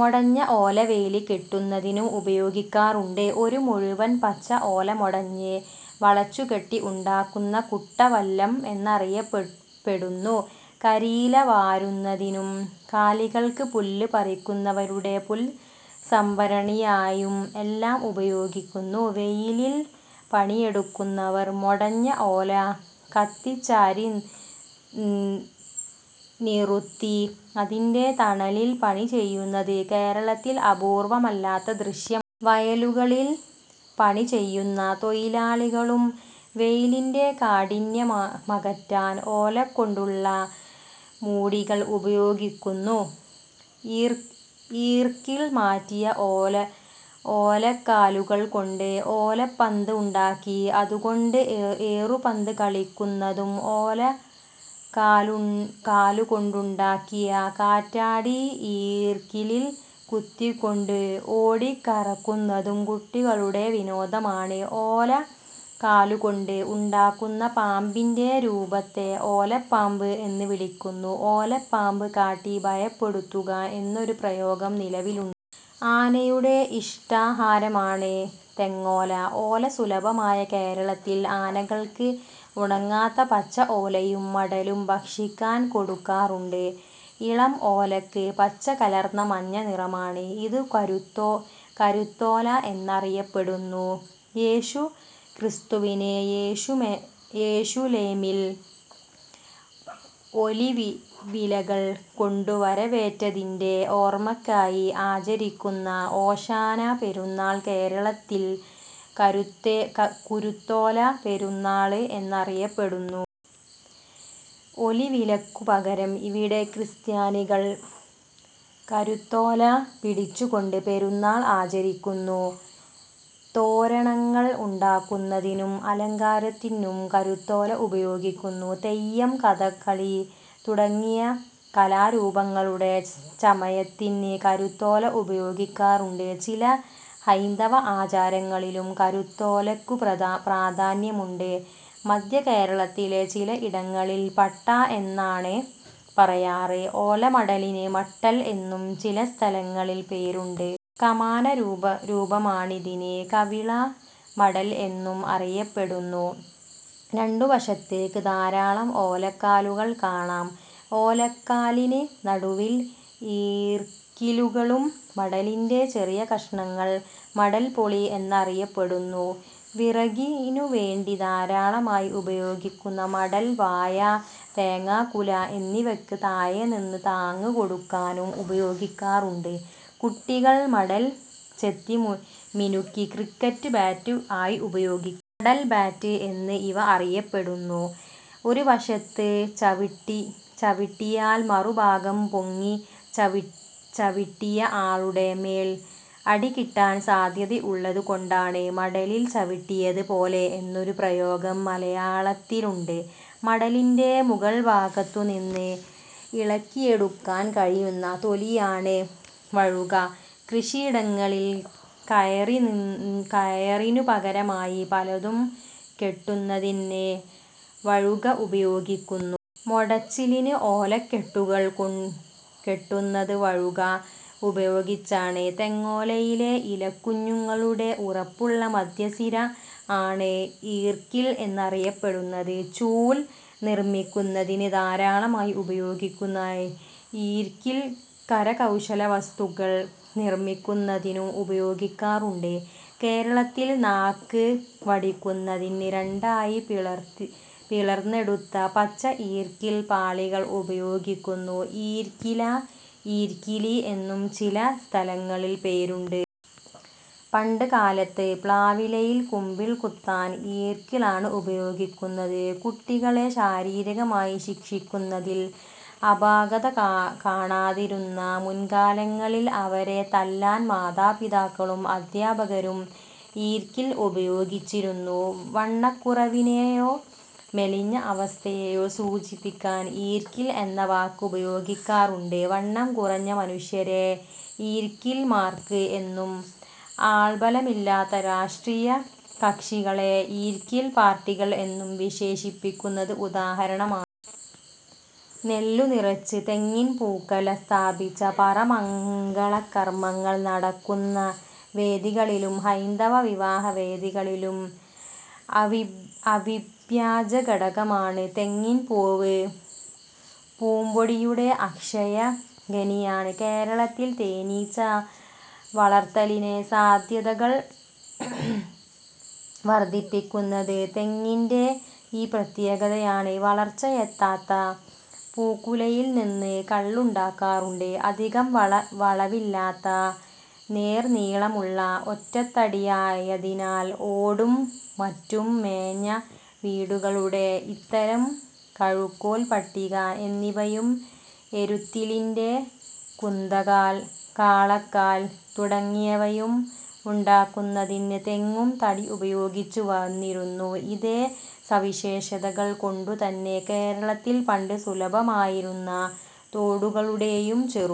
മെടഞ്ഞ ഓല വേലി കെട്ടുന്നതിനും ഉപയോഗിക്കാറുണ്ട്. ഒരു മുഴുവൻ പച്ച ഓല മെടഞ്ഞ് വളച്ചുകെട്ടി ഉണ്ടാക്കുന്ന കുട്ട വല്ലം എന്നറിയപ്പെടുന്നു. കരിയില വാരുന്നതിനും കാലികൾക്ക് പുല്ല് പറിക്കുന്നവരുടെ പുൽ സംഭരണിയായും വല്ലം ഉപയോഗിക്കുന്നു. വെയിലിൽ പണിയെടുക്കുന്നവർ മെടഞ്ഞ ഓല കത്തിച്ചാരി നിറുത്തി അതിന്റെ തണലിൽ പണി ചെയ്യുന്നത് കേരളത്തിൽ അപൂർവ്വമല്ലാത്ത ദൃശ്യo. വയലുകളിൽ പണിചെയ്യുന്ന തൊഴിലാളികളും വെയിലിന്റെ കാഠിന്യമകറ്റാൻ ഓലകൊണ്ടുള്ള മൂടികൾ ഉപയോഗിക്കുന്നു. ഈർക്കിൽ മാറ്റിയ ഓലക്കാലുകൾ കൊണ്ട് ഓലപ്പന്ത് ഉണ്ടാക്കി അതുകൊണ്ട് ഏറുപന്ത് കളിക്കുന്നതും ഓലക്കാലുകൊണ്ടുണ്ടാക്കിയ കാറ്റാടി ഈർക്കിലിൽ കുത്തിക്കൊണ്ട് ഓടിക്കറക്കുന്നതും കുട്ടികളുടെ വിനോദമാണ്. ഓലക്കാലുകൊണ്ട് ഉണ്ടാക്കുന്ന പാമ്പിന്റെ രൂപത്തെ ഓലപ്പാമ്പ് എന്ന് വിളിക്കുന്നു. 'ഓലപ്പാമ്പ് കാട്ടി ഭയപ്പെടുത്തുക' എന്നൊരു പ്രയോഗം നിലവിലു. ആനയുടെ ഇഷ്ടാഹാരമാണ് തെങ്ങോല. ഓല സുലഭമായ കേരളത്തിൽ ആനകൾക്ക് ഉണങ്ങാത്ത പച്ച ഓലയും മടലും ഭക്ഷിക്കാൻ കൊടുക്കാറുണ്ട്. ഇളം ഓലക്ക് പച്ചകലർന്ന മഞ്ഞ നിറമാണ്. ഇത് കുരുത്തോല എന്നറിയപ്പെടുന്നു. യേശുക്രിസ്തുവിനെ യെരുശലേമിൽ ഒലിവിലകൾ കൊണ്ടു വരവേറ്റതിന്റെ ഓർമ്മക്കായി ആചരിക്കുന്ന ഓശാന പെരുനാൾ കേരളത്തിൽ കുരുത്തോല പെരുനാള് എന്നറിയപ്പെടുന്നു. ഒലിവിലക്കു പകരം ഇവിടെ ക്രിസ്ത്യാനികൾ കരുത്തോല പിടിച്ചുകൊണ്ട് പെരുനാൾ ആചരിക്കുന്നു. തോരണങ്ങൾ ഉണ്ടാക്കുന്നതിനും അലങ്കാരത്തിനും കുരുത്തോല ഉപയോഗിക്കുന്നു. തെയ്യം, കഥകളി തുടങ്ങിയ കലാരൂപങ്ങളുടെ ചമയത്തിന് കുരുത്തോല ഉപയോഗിക്കാറുണ്ട്. ചില ഹൈന്ദവ ആചാരങ്ങളിലും കുരുത്തോലക്കു പ്രാധാന്യമുണ്ട്. മധ്യകേരളത്തിലെ ചില ഇടങ്ങളിൽ പട്ട എന്നാണ് പറയാറ്. ഓലമടലിന് മട്ടൽ എന്നും ചിലസ്ഥലങ്ങളിൽ പേരുണ്ട്. കമാന രൂപമാണിതിന്, കവിള മടൽ എന്നും അറിയപ്പെടുന്നു. രണ്ടു വശത്തെക്ക് ധാരാളം ഓലക്കാലുകൾ കാണാം. ഓലക്കാലിന് നടുവിൽ ഈർക്കിലുകളും. മടലിന്റെ ചെറിയ കഷണങ്ങൾ മടൽപ്പൊളി എന്നറിയപ്പെടുന്നു. വിറകിനുവേണ്ടി ധാരാളമായി ഉപയോഗിക്കുന്ന മടൽ, വാഴ, തേങ്ങാക്കുല എന്നിവയ്ക്ക് താഴെനിന്ന് താങ്ങ് കൊടുക്കാനും ഉപയോഗിക്കാറുണ്ട്. കുട്ടികൾ മടൽ ചെത്തിമിനുക്കി ക്രിക്കറ്റ് ബാറ്റ് ആയി ഉപയോഗി മടൽ ബാറ്റ് എന്ന് ഇവ അറിയപ്പെടുന്നു. ഒരു വശത്ത് ചവിട്ടിയാൽ മറുഭാഗം പൊങ്ങി ചവിട്ടിയ ആളുടെ മേൽ അടികിട്ടാൻ സാധ്യത ഉള്ളത് കൊണ്ട് മടലിൽ ചവിട്ടിയത് പോലെ എന്നൊരു പ്രയോഗം മലയാളത്തിലുണ്ട്. മടലിന്റെ മുകൾ വശത്തുനിന്ന് ഇളക്കിയെടുക്കാൻ കഴിയുന്ന തൊലിയാണ് വഴുക. കൃഷിയിടങ്ങളിൽ കയറിനു പകരമായി പലതും കെട്ടുന്നതിന് വഴുക ഉപയോഗിക്കുന്നു. മെടച്ചിലിന് ഓലക്കെട്ടുകൾ കെട്ടുന്നത് വഴുക ഉപയോഗിച്ചാണ്. തെങ്ങോലയിലെ ഇലക്കുഞ്ഞുങ്ങളുടെ ഉറപ്പുള്ള മധ്യസിര ആണ് ഈർക്കിൽ എന്ന് അറിയപ്പെടുന്നത്. ചൂൽ നിർമ്മിക്കുന്നതിന് ധാരാളമായി ഉപയോഗിക്കുന്ന ഈർക്കിൽ, കരകൗശലവസ്തുക്കൾ നിർമ്മിക്കുന്നതിനും ഉപയോഗിക്കാറുണ്ട്. കേരളത്തിൽ നാക്ക് വടിക്കുന്നതിന് രണ്ടായി പിളർന്നെടുത്ത പച്ച ഈർക്കിൽ പാളികൾ ഉപയോഗിക്കുന്നു. ഈർക്കില, ഈർക്കിലി എന്നും ചില സ്ഥലങ്ങളിൽ പേരുണ്ട്. പണ്ടുകാലത്ത് പ്ലാവിലയിൽ കുമ്പിൾ കുത്താൻ ഈർക്കിലാണ് ഉപയോഗിച്ചിരുന്നത്. കുട്ടികളെ ശാരീരികമായി ശിക്ഷിക്കുന്നതിൽ അപാകത കാണാതിരുന്ന മുൻകാലങ്ങളിൽ അവരെ തല്ലാൻ മാതാപിതാക്കളും അദ്ധ്യാപകരും ഈർക്കിൽ ഉപയോഗിച്ചിരുന്നു. വണ്ണക്കുറവിനെയോ മെലിഞ്ഞ അവസ്ഥയേയോ സൂചിപ്പിക്കാൻ ഈർക്കിൽ എന്ന വാക്ക് ഉപയോഗിക്കാറുണ്ട്. വണ്ണംകുറഞ്ഞ മനുഷ്യരെ ഈർക്കിൽ മാർക്ക് എന്നും ആൾബലമില്ലാത്ത രാഷ്ട്രീയകക്ഷികളെ ഈർക്കിൽ പാർട്ടികൾ എന്നും വിശേഷിപ്പിക്കുന്നത് ഉദാഹരണമാണ്. നെല്ലു നിറച്ച് തെങ്ങിൻ പൂക്കുല സ്ഥാപിച്ച പറ മംഗളകർമ്മങ്ങൾ നടക്കുന്ന വേദികളിലും, ഹൈന്ദവ വിവാഹ വേദികളിലും അവിഭാജ്യ ഘടകമാണ്. തെങ്ങിൻ പൂവ് പൂമ്പൊടിയുടെ അക്ഷയ ഖനിയാണ്. കേരളത്തിൽ തേനീച്ച വളർത്തലിന്റെ സാധ്യതകൾ വർദ്ധിപ്പിക്കുന്നത് തെങ്ങിന്റെ ഈ പ്രത്യേകതയാണ്. വളർച്ചയെത്താത്ത പൂക്കുലയിൽ നിന്നും കള്ള് ഉണ്ടാക്കാറുണ്ട്. അധികം വളവില്ലാതെ നേർ നീളമുള്ള ഒറ്റത്തടിയായതിനാൽ ഓടും മറ്റും മേഞ്ഞ വീടുകളുടെ ഉത്തരം, കഴുക്കോൽ, പട്ടിക എന്നിവയും, എരുത്തിലിന്റെ കുന്തക്കാൽ, കാളക്കാൽ തുടങ്ങിയവയും ഉണ്ടാക്കുന്നതിന് തെങ്ങും തടി ഉപയോഗിച്ചു വന്നിരുന്നു. ഇതേ സവിശേഷതകൾ കൊണ്ടുതന്നെ കേരളത്തിൽ പണ്ട് സുലഭമായിരുന്ന തോടുകളുടെയും ചെറു